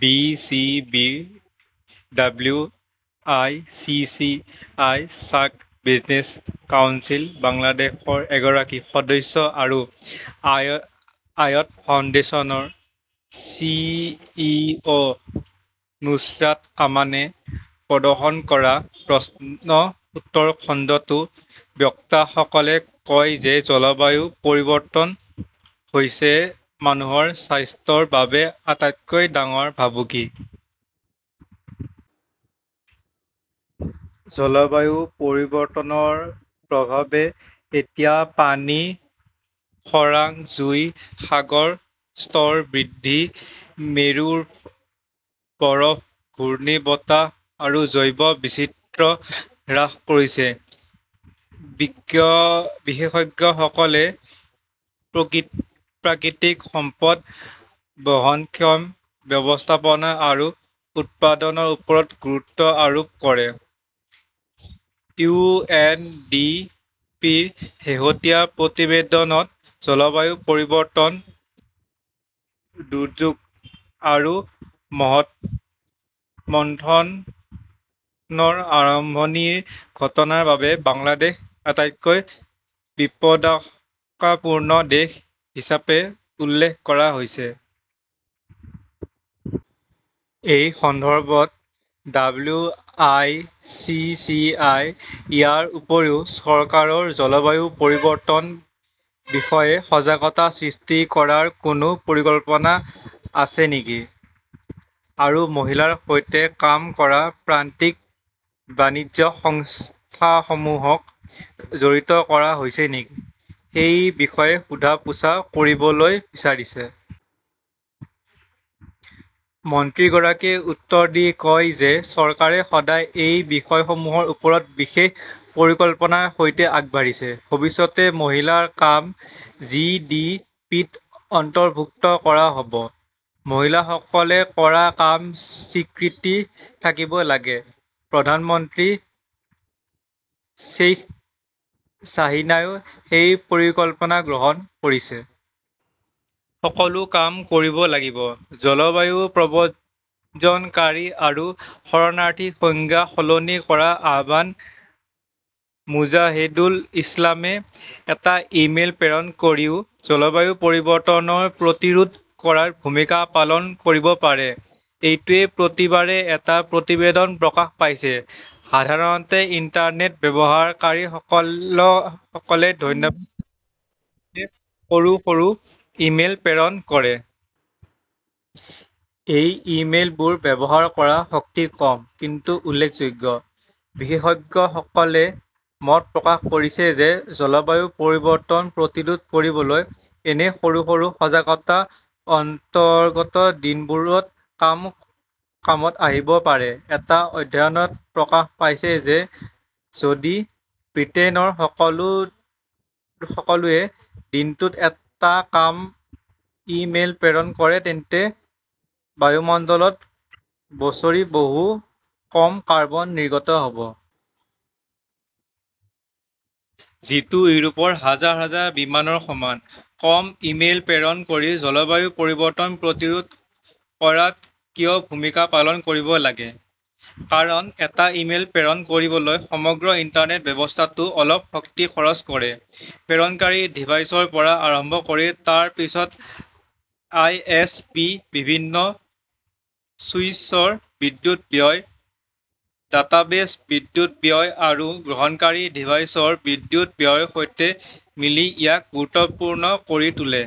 B C বিৰ W I C C I SAARC business council বাংলাদেশৰ এগৰাকী সদস্য আৰু আয়াত ফাউণ্ডেশ্যনৰ চি ই অ নুছৰাট আমানে প্ৰদৰ্শন কৰা প্ৰশ্ন-উত্তৰ খণ্ডটোত বক্তাসকলে কয় যে জলবায়ু পৰিৱৰ্তন হৈছে মানুহৰ স্বাস্থ্যৰ বাবে আটাইতকৈ ডাঙৰ ভাবুকি। জলবায়ু পৰিৱৰ্তনৰ প্ৰভাৱে এতিয়া পানী, খৰাং, জুই, সাগৰৰ স্তৰ বৃদ্ধি, মেৰু বৰফ, ঘূৰ্ণী বতাহ আৰু জৈৱ-বৈচিত্ৰ্য হ্ৰাস কৰিছে। বিশেষজ্ঞসকলে প্ৰাকৃতিক সম্পদৰ বহনক্ষম ব্যৱস্থাপনা আৰু উৎপাদনৰ ওপৰত গুৰুত্ব আৰোপ কৰে। ইউ এন ডি পিৰ শেহতীয়া প্ৰতিবেদনত জলবায়ু পৰিৱৰ্তন, দুৰ্যোগ আৰু মন্থৰ আৰম্ভণিৰ ঘটনাৰ বাবে বাংলাদেশক আটাইতকৈ বিপদাশংকাপূৰ্ণ দেশ হিচাপে উল্লেখ কৰা হৈছে। এই সন্দৰ্ভত W I C C I, ইয়াৰ উপৰিও, চৰকাৰৰ জলবায়ু পৰিৱৰ্তনৰ বিষয়ে সজাগতা সৃষ্টি কৰাৰ কোনো পৰিকল্পনা আছে নেকি? আৰু মহিলাৰ সৈতে কাম কৰা প্ৰান্তিক বাণিজ্য সংস্থাসমূহক জড়িত কৰা হৈছে নেকি? সেই বিষয়ে সোধা-পোছা কৰিবলৈ বিচাৰিছে। মন্ত্ৰীগৰাকীয়ে উত্তৰ দি কয় যে, চৰকাৰে সদায় এই বিষয়সমূহৰ ওপৰত বিশেষ পৰিকল্পনাৰ সৈতে আগবাঢ়িছে। ভৱিষ্যতে মহিলাৰ কাম জি ডি পিত অন্তৰ্ভুক্ত কৰা হ'ব। মহিলাসকলে কৰা কামৰ স্বীকৃতি থাকিব লাগে। প্ৰধানমন্ত্ৰী শ্বেইখ হাছিনায়েও সেই পৰিকল্পনা গ্ৰহণ কৰিছে। সকলো কাম কৰিব লাগিব। জলবায়ু প্ৰব্ৰজনকাৰী আৰু শৰণাৰ্থীৰ সংজ্ঞা সলনি কৰাৰ আহ্বান মোজাহেদুল ইছলামে এটা ই-মেইল প্ৰেৰণ কৰিলেও জলবায়ু পৰিৱৰ্তন প্ৰতিৰোধ কৰাত ভূমিকা পালন কৰিব পাৰে। এইটোৱেই প্ৰতিবাৰে এটা প্ৰতিবেদনত প্ৰকাশ পাইছে। সাধাৰণতে ইণ্টাৰনেট ব্যৱহাৰকাৰীসকলে ধন্যবাদ সূচকৰ সৈতে সৰু সৰু ই-মেইল প্ৰেৰণ কৰে। এই ই-মেইলবোৰে ব্যৱহাৰ কৰা শক্তি কম, কিন্তু উল্লেখযোগ্য। বিশেষজ্ঞসকলে মত প্ৰকাশ কৰিছে যে, জলবায়ু পৰিৱৰ্তন প্ৰতিৰোধ কৰিবলৈ এনে সৰু সৰু সজাগতাও আগন্তুক দিনবোৰত কামত আহিব পাৰে। এটা অধ্যয়নত প্ৰকাশ পাইছে যে যদি ব্ৰিটেইনৰ সকলোৱে দিনটোত এটা কম ই-মেইল প্ৰেৰণ কৰে তেন্তে বায়ুমণ্ডলত বছৰি বহুত কম কাৰ্বন নিৰ্গমন হ'ব। যিটো ইউৰোপৰ হাজাৰ হাজাৰ বিমানৰ সমান। কম ই-মেইল প্ৰেৰণ কৰি জলবায়ু পৰিৱৰ্তন প্ৰতিৰোধ কৰাত কিয় ভূমিকা পালন কৰিব লাগে? কাৰণ এটা ই-মেইল প্ৰেৰণ কৰিবলৈ সমগ্ৰ ইণ্টাৰনেট ব্যৱস্থাটোৱে অলপ শক্তি খৰচ কৰে। প্ৰেৰণকাৰী ডিভাইচৰ পৰা আৰম্ভ কৰি, তাৰ পিছত আই এছ পিৰ বিভিন্ন চুইচৰ বিদ্যুৎ ব্যয়, ডাটাবেছৰ বিদ্যুৎ ব্যয় আৰু গ্ৰহণকাৰী ডিভাইচৰ বিদ্যুৎ ব্যয়ৰ সৈতে মিলি ইয়াক গুৰুত্বপূৰ্ণ কৰি তোলে।